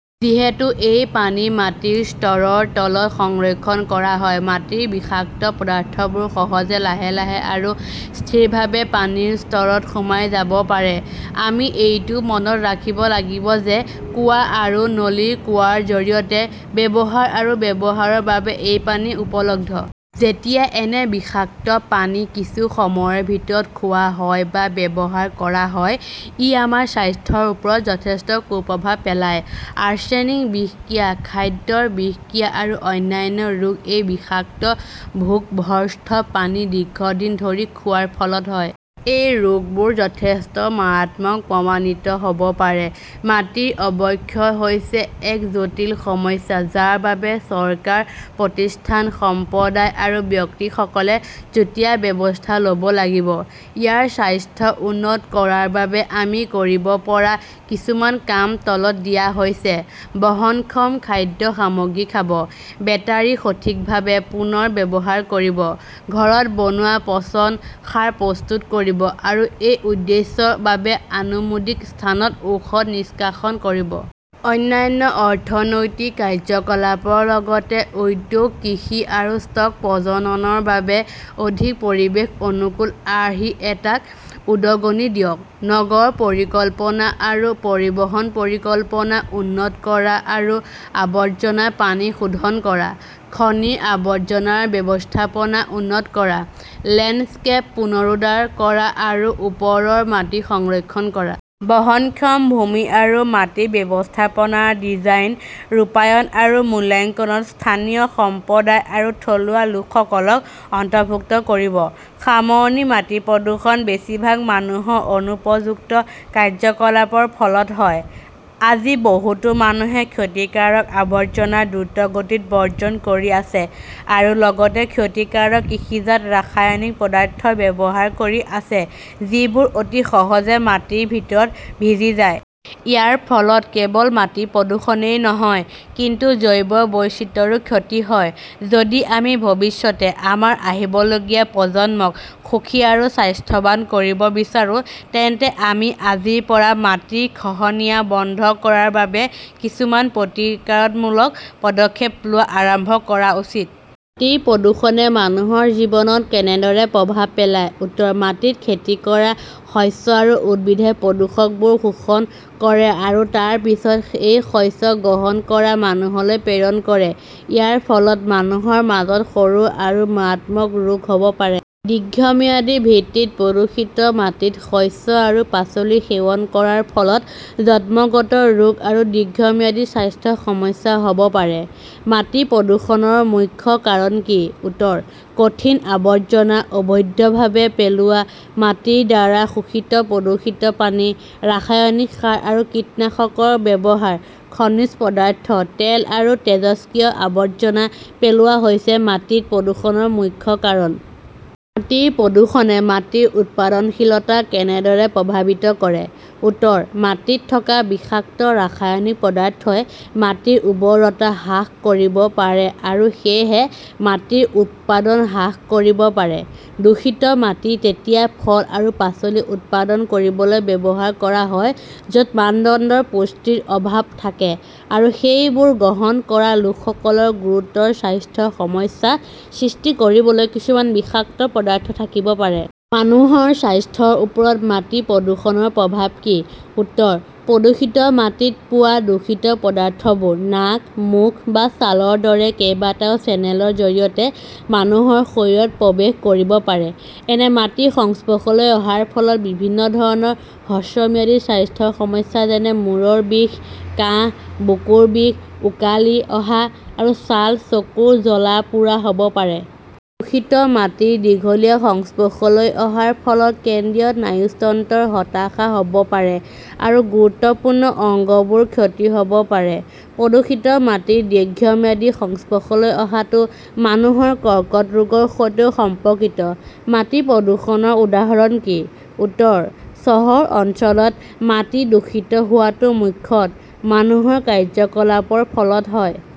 যিহেতু এই পানী মাটিৰ স্তৰৰ তলত সংৰক্ষণ কৰা হয়, মাটিৰ বিষাক্ত পদাৰ্থবোৰ সহজে লাহে লাহে আৰু স্থিৰভাৱে পানীৰ স্তৰত সোমাই যাব পাৰে। আমি এইটোও মনত ৰাখিব লাগিব যে কুঁৱা আৰু নলীৰ কুঁৱাৰ জৰিয়তে ব্যৱহাৰ আৰু ব্যৱহাৰৰ বাবে এইপানী উপলব্ধ। যেতিয়া এনে বিষাক্ত পানী কিছু সময়ৰ ভিতৰত খোৱা হয় বা ব্যৱহাৰ কৰা হয়, ই আমাৰ স্বাস্থ্যৰ ওপৰত যথেষ্ট কুপ্ৰভাৱ পেলায়। আৰ্চেনিক বিষক্ৰিয়া, খাদ্যৰ বিষক্ৰিয়া আৰু অন্যান্য ৰোগ এই বিষাক্ত ভূগৰ্ভস্থ পানী দীৰ্ঘদিন ধৰি খোৱাৰ ফলত হয়। এই ৰোগবোৰ যথেষ্ট মাৰাত্মক প্ৰমাণিত হ'ব পাৰে। মাটিৰ অৱক্ষয় হৈছে এক জটিল সমস্যা যাৰ বাবে চৰকাৰ, প্ৰতিষ্ঠান, সম্প্ৰদায় আৰু ব্যক্তিসকলে যুটীয়া ব্যৱস্থা ল'ব লাগিব। ইয়াৰ স্বাস্থ্য উন্নত কৰাৰ বাবে আমি কৰিব পৰা কিছুমান কাম তলত দিয়া হৈছে: বহনক্ষম খাদ্য সামগ্ৰী খাব, বেটাৰি সঠিকভাৱে পুনৰ ব্যৱহাৰ কৰিব, ঘৰত বনোৱা পচন সাৰ প্ৰস্তুত কৰিব আৰু এই উদ্দেশ্যৰ বাবে অনুমোদিত স্থানত ঔষধ নিষ্কাশন কৰিব। অনান্য অৰ্থনৈতিক কাৰ্যকলাপৰ লগতে উদ্যোগ, কৃষি আৰু ষ্টক প্ৰজননৰ বাবে অধিক পৰিৱেশ-অনুকূল আৰ্হি এটাক উদগনি দিয়ক। নগৰ পৰিকল্পনা আৰু পৰিবহন পৰিকল্পনা উন্নত কৰা আৰু আৱৰ্জনা পানী শোধন কৰা। খনিৰ আৱৰ্জনাৰ ব্যৱস্থাপনা উন্নত কৰা, লেণ্ডস্কেপ পুনৰুদ্ধাৰ কৰা আৰু ওপৰৰ মাটি সংৰক্ষণ কৰা। বহনক্ষম ভূমি আৰু মাটি ব্যৱস্থাপনাৰ ডিজাইন, ৰূপায়ণ আৰু মূল্যাঙ্কনত স্থানীয় সম্প্ৰদায় আৰু থলুৱা লোকসকলক অন্তৰ্ভুক্ত কৰিব। সামৰণি মাটিপ্ৰদূষণ বেছিভাগ মানুহৰ অনুপযুক্ত কাৰ্যকলাপৰ ফলত হয়। আজি, বহুতো মানুহে ক্ষতিকাৰক আৱৰ্জনা দ্ৰুতগতিত বৰ্জন কৰি আছে আৰু লগতে ক্ষতিকাৰক কৃষিজাত ৰাসায়নিক পদাৰ্থ ব্যৱহাৰ কৰি আছে যি বোৰ অতি সহজে মাটিৰ ভিতৰত ভিজি যায়। ইয়াৰ ফলত কেৱল মাটিপ্ৰদূষণেই নহয় কিন্তু জৈৱ বৈচিত্ৰ্যৰো ক্ষতি হয়। যদি আমি ভৱিষ্যতে আমাৰ আহিবলগীয়া প্ৰজন্মক সুখী আৰু স্বাস্থ্যৱান কৰিব বিচাৰো, তেন্তে আমি আজিৰ পৰা মাটিৰ খহনীয়া বন্ধ কৰাৰ বাবে কিছুমান প্ৰতিকাৰমূলক পদক্ষেপ লোৱা আৰম্ভ কৰা উচিত।. মাটিৰ প্ৰদূষণে মানুহৰ জীৱনত কেনেদৰে প্ৰভাৱ পেলায়? উত্তৰ: মাটিত খেতি কৰা শস্য আৰু উদ্ভিদে প্ৰদূষকবোৰ শোষণ কৰে আৰু তাৰ পিছত এই শস্য গ্ৰহণ কৰা মানুহলৈ প্ৰেৰণ কৰে। ইয়াৰ ফলত মানুহৰ মাজত সৰু আৰু মাৰাত্মক ৰোগ হ'ব পাৰে। দীৰ্ঘম্যাদী ভিত্তিত প্ৰদূষিত মাটিত শস্য আৰু পাচলি সেৱন কৰাৰ ফলত জন্মগত ৰোগ আৰু দীৰ্ঘম্যাদী স্বাস্থ্য সমস্যা হ'ব পাৰে।. মাটি প্ৰদূষণৰ মুখ্য কাৰণ কি? উত্তৰ: কঠিন আৱৰ্জনা অবৈধভাৱে পেলোৱা, মাটিৰ দ্বাৰা শোষিত প্ৰদূষিত পানী, ৰাসায়নিক সাৰ আৰু কীটনাশকৰ ব্যৱহাৰ, খনিজ পদাৰ্থ, তেল আৰু তেজস্ক্ৰিয় আৱৰ্জনা পেলোৱা হৈছে মাটি প্ৰদূষণৰ মুখ্য কাৰণ।. মাটিৰ প্ৰদূষণে মাটিৰ উৎপাদনশীলতাক কেনেদৰে প্ৰভাৱিত কৰে? উত্তৰ: মাটিত থকা বিষাক্ত ৰাসায়নিক পদাৰ্থই মাটিৰ উৰ্বৰতা হ্ৰাস কৰিব পাৰে আৰু সেয়েহে মাটিৰ উৎপাদন হ্ৰাস কৰিব পাৰে। দূষিত মাটি তেতিয়া ফল আৰু পাচলি উৎপাদন কৰিবলৈ ব্যৱহাৰ কৰা হয়, য'ত মানদণ্ডৰ পুষ্টিৰ অভাৱ থাকে আৰু সেইবোৰ গ্ৰহণ কৰা লোকসকলৰ গুৰুতৰ স্বাস্থ্য সমস্যা সৃষ্টি কৰিবলৈ কিছুমান বিষাক্ত পদাৰ্থ থাকিব পাৰে।. মানুহৰ স্বাস্থ্যৰ ওপৰত মাটি প্ৰদূষণৰ প্ৰভাৱ কি? উত্তৰ: প্ৰদূষিত মাটিত পোৱা দূষিত পদাৰ্থবোৰ নাক, মুখ বা ছালৰ দৰে কেইবাটাও চেনেলৰ জৰিয়তে মানুহৰ শৰীৰত প্ৰৱেশ কৰিব পাৰে। এনে মাটিৰ সংস্পৰ্শলৈ অহাৰ ফলত বিভিন্ন ধৰণৰ হ্ৰস্বম্যাদী স্বাস্থ্য সমস্যা যেনে মুৰৰ বিষ, কাহ, বুকুৰ বিষ, ওকালি অহা, আৰু ছাল/চকুৰ জ্বলা-পোৰা হ'ব পাৰে। দূষিত মাটিৰ দীঘলীয়া সংস্পৰ্শলৈ অহাৰ ফলত কেন্দ্ৰীয় স্নায়ুতন্ত্ৰৰ হতাশা হ'ব পাৰে আৰু গুৰুত্বপূৰ্ণ অঙ্গবোৰৰ ক্ষতি হ'ব পাৰে। প্ৰদূষিত মাটিৰ দীৰ্ঘম্যাদী সংস্পৰ্শলৈ অহাটো মানুহৰ কৰ্কট ৰোগৰ সৈতেও সম্পৰ্কিত।. মাটি প্ৰদূষণৰ উদাহৰণ কি? উত্তৰ: চহৰ অঞ্চলত, মাটি দূষিত হোৱাটো মুখ্যতঃ মানুহৰ কাৰ্যকলাপৰ ফলত হয়।